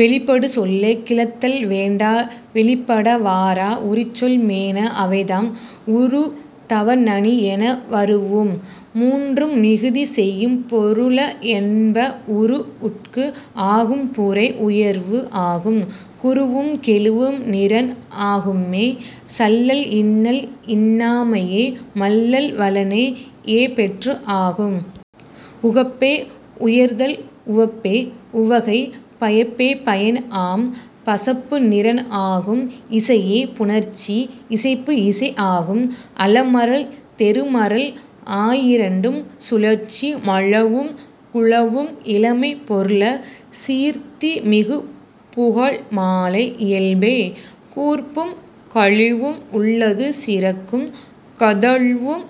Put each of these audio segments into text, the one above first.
வெளிப்படு சொல்லே கிளத்தல் வேண்டா வெளிப்பட வாரா உரிச்சொல் மேன. அவைதாம், உறு தவ நனி என வரூஉம் மூன்றும் மிகுதி செய்யும் பொருள என்ப. உரு உட்கு ஆகும் புரை உயர்பு ஆகும். குருவும் கெழுவும் நிறன் ஆகும்மே. சல்லல் இன்னல் இன்னாமையே. மல்லல் வளனே ஏ பெற்று ஆகும். உகப்பே உயர்தல் உவப்பே உவகை. பயப்பே பயன் ஆம். பசப்பு நிறன் ஆகும். இயைபே புணர்ச்சி. இசைப்பு இசை ஆகும். அலமரல் தெருமரல் ஆயிரண்டும் சுழற்சி. மழவும் குழவும் இளமைப் பொருள. சீர்த்தி மிகு புகழ் மாலை இயல்பே. கூர்ப்பும் கழிவும் உள்ளது சிறக்கும். கதழ்வும்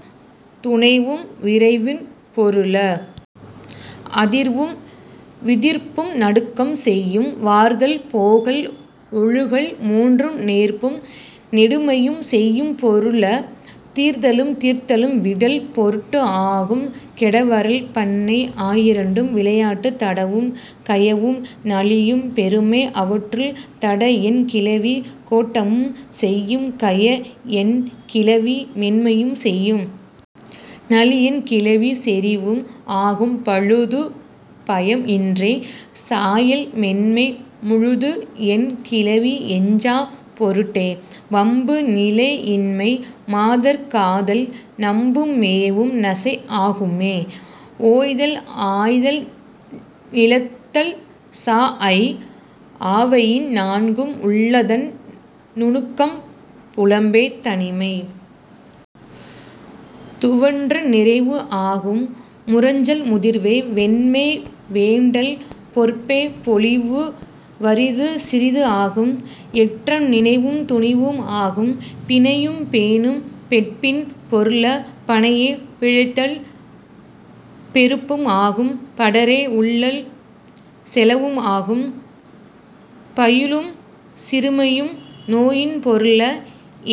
துனைவும் விரைவின் பொருள. அதிர்வும் விதிர்ப்பும் நடுக்கம் செய்யும். வார்தல் போகல் ஒழுகல் மூன்றும் நேர்பும் நெடுமையும் செய்யும் பொருள. தீர்தலும் தீர்த்தலும் விடல் பொருட்டு ஆகும். கெடவரல் பண்ணை ஆயிரண்டும் விளையாட்டு. தடவும் கயவும் நளியும் பெருமை. அவற்றுள், தட என் கிளவி கோட்டமும் செய்யும். கய என் கிளவி மென்மையும் செய்யும். நளி என் கிளவி செறிவும் ஆகும். பழுது பயம் இன்றே. சாயல் மென்மை. முழுது என் கிளவி எஞ்சாப் பொருட்டே. வம்பு நிலை இன்மை. மாதர் காதல். நம்பும் மேவும் நசை ஆகும்மே. ஓய்தல் ஆய்தல் நிழத்தல் சாஅய் ஆவயின் நான்கும் உள்ளதன் நுணுக்கம். புலம்பே தனிமை. துவன்று நிறைவு ஆகும். முரஞ்சல் முதிர்வே. வெம்மை வேண்டல். பொற்பே பொலிவு. வறிது சிறிது ஆகும். எற்றம் நினைவும் துணிவும் ஆகும். பிணையும் பேணும் பெட்பின் பொருள. பணையே பிழைத்தல் பெருப்பும் ஆகும். படரே உள்ளல் செலவும் ஆகும். பையுளும் சிறுமையும் நோயின் பொருள.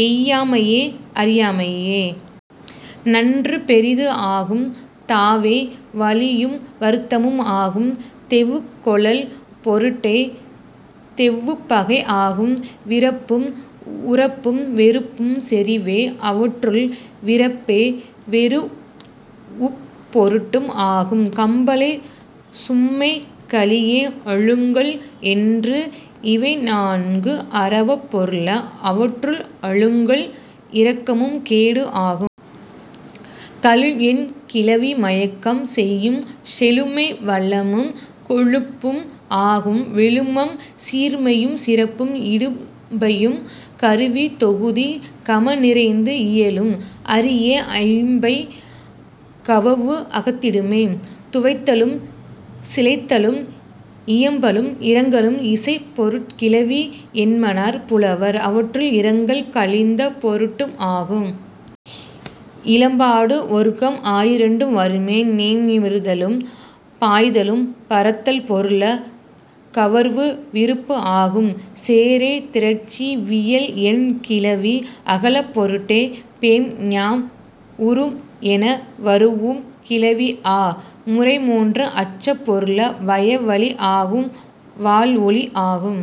எய்யாமையே அறியாமையே. நன்று பெரிது ஆகும். தாவே வலியும் வருத்தமும் ஆகும் தெவுக் கொளல் பொருட்டே. தெவ்வுப் பகை ஆகும். விறப்பும் உறப்பும் வெறுப்பும் செறிவே. அவற்றுள், விறப்பே வெரூஉப் பொருட்டும் ஆகும். கம்பலை சும்மை கலியே அழுங்கல் என்று இவை நான்கும் அரவப் பொருள. அவற்றுள், அழுங்கல் இரக்கமும் கேடும் ஆகும். கழும் என் கிளவி மயக்கம் செய்யும். செழுமை வளனும் கொழுப்பும் ஆகும். விழுமம் சீர்மையும் சிறப்பும் இடும்பையும். கருவி தொகுதி. கம நிறைந்து இயலும். அரியே ஐம்மை. கவவு அகத்திடுமே. துவைத்தலும் சிலைத்தலும் இயம்பலும் இரங்கலும் இசைப் பொருட் கிளவி என்மனார் புலவர். அவற்றுள், இரங்கல் கழிந்த பொருட்டும் ஆகும். இலம்பாடு ஒற்கம் ஆயிரண்டும் வறுமை. ஞெமிர்தலும் பாய்தலும் பரத்தல் பொருள. கவர்வு விருப்பு ஆகும். சேரே திரட்சி. வியல் என் கிளவி அகலப் பொருட்டே. பேம் நாம் உரும் என வரூஉம் கிளவி ஆ முறை மூன்றும் அச்சப் பொருள. வய வலி ஆகும். வாள் ஒளி ஆகும்.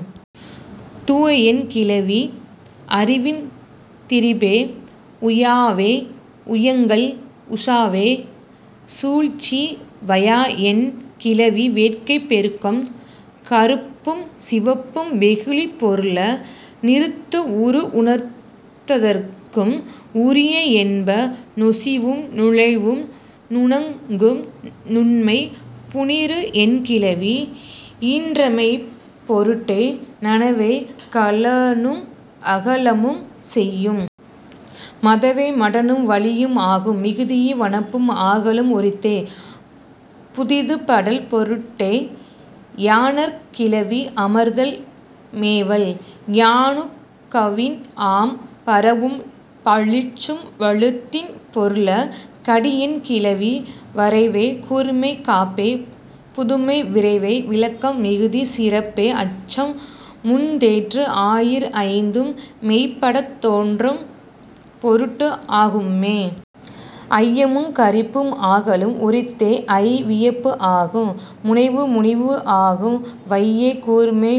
துய என் கிளவி அறிவின் திரிபே. உயாவே உயங்கல். உசாவே சூழ்ச்சி. வயா என் கிளவி வேட்கைப் பெருக்கம். கறுப்பும் சிவப்பும் வெகுளிப் பொருள. நிறத்து உரு உணர்த்தற்கும் உரிய என்ப. நொசிவும் நுழைவும் நுணங்கும் நுண்மை. புனிறு என் கிளவி ஈன்றணிமைப் பொருட்டே. நனவே களனும் அகலமும் செய்யும். மதவே மடனும் வலியும் ஆகும். மிகுதியும் வனப்பும் ஆகலும் உரித்தே. புதிதுபடல் பொருட்டே யாணர்க் கிளவி. அமர்தல் மேவல். யாணுக் கவின் ஆம். பரவும் பழிச்சும் வழுத்தின் பொருள. கடி என் கிளவி வரைவே கூர்மை காப்பே புதுமை விரைவே விளக்கம் மிகுதி சிறப்பே அச்சம் முன்தேற்று ஆயீர் ஐந்தும் மெய்ப்படத் தோன்றும் பொருட்டு ஆகும்மே. ஐயமும் கரிப்பும் ஆகலும் உரித்தே. ஐ வியப்பு ஆகும். முனைவு முனிவு ஆகும். வையே கூர்மை.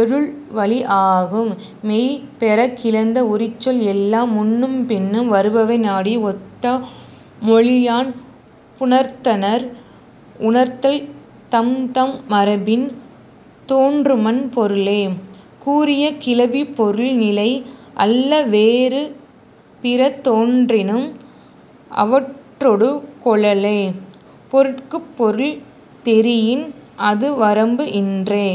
எறுழ் வலி ஆகும். மெய் பெறக் கிளந்த உரிச்சொல் எல்லாம் முன்னும் பின்னும் வருபவை நாடி ஒத்த மொழியான் புணர்த்தனர் உணர்த்தல் தம்தம் மரபின் தோன்றும்மன் பொருளே. கூறிய கிளவிப் பொருள் நிலை அல்ல வேறு பிற தோன்றினும் அவற்றொடு கொளலே. பொருட்குப் பொருள் தெரியின் அது வரம்பு இன்றே।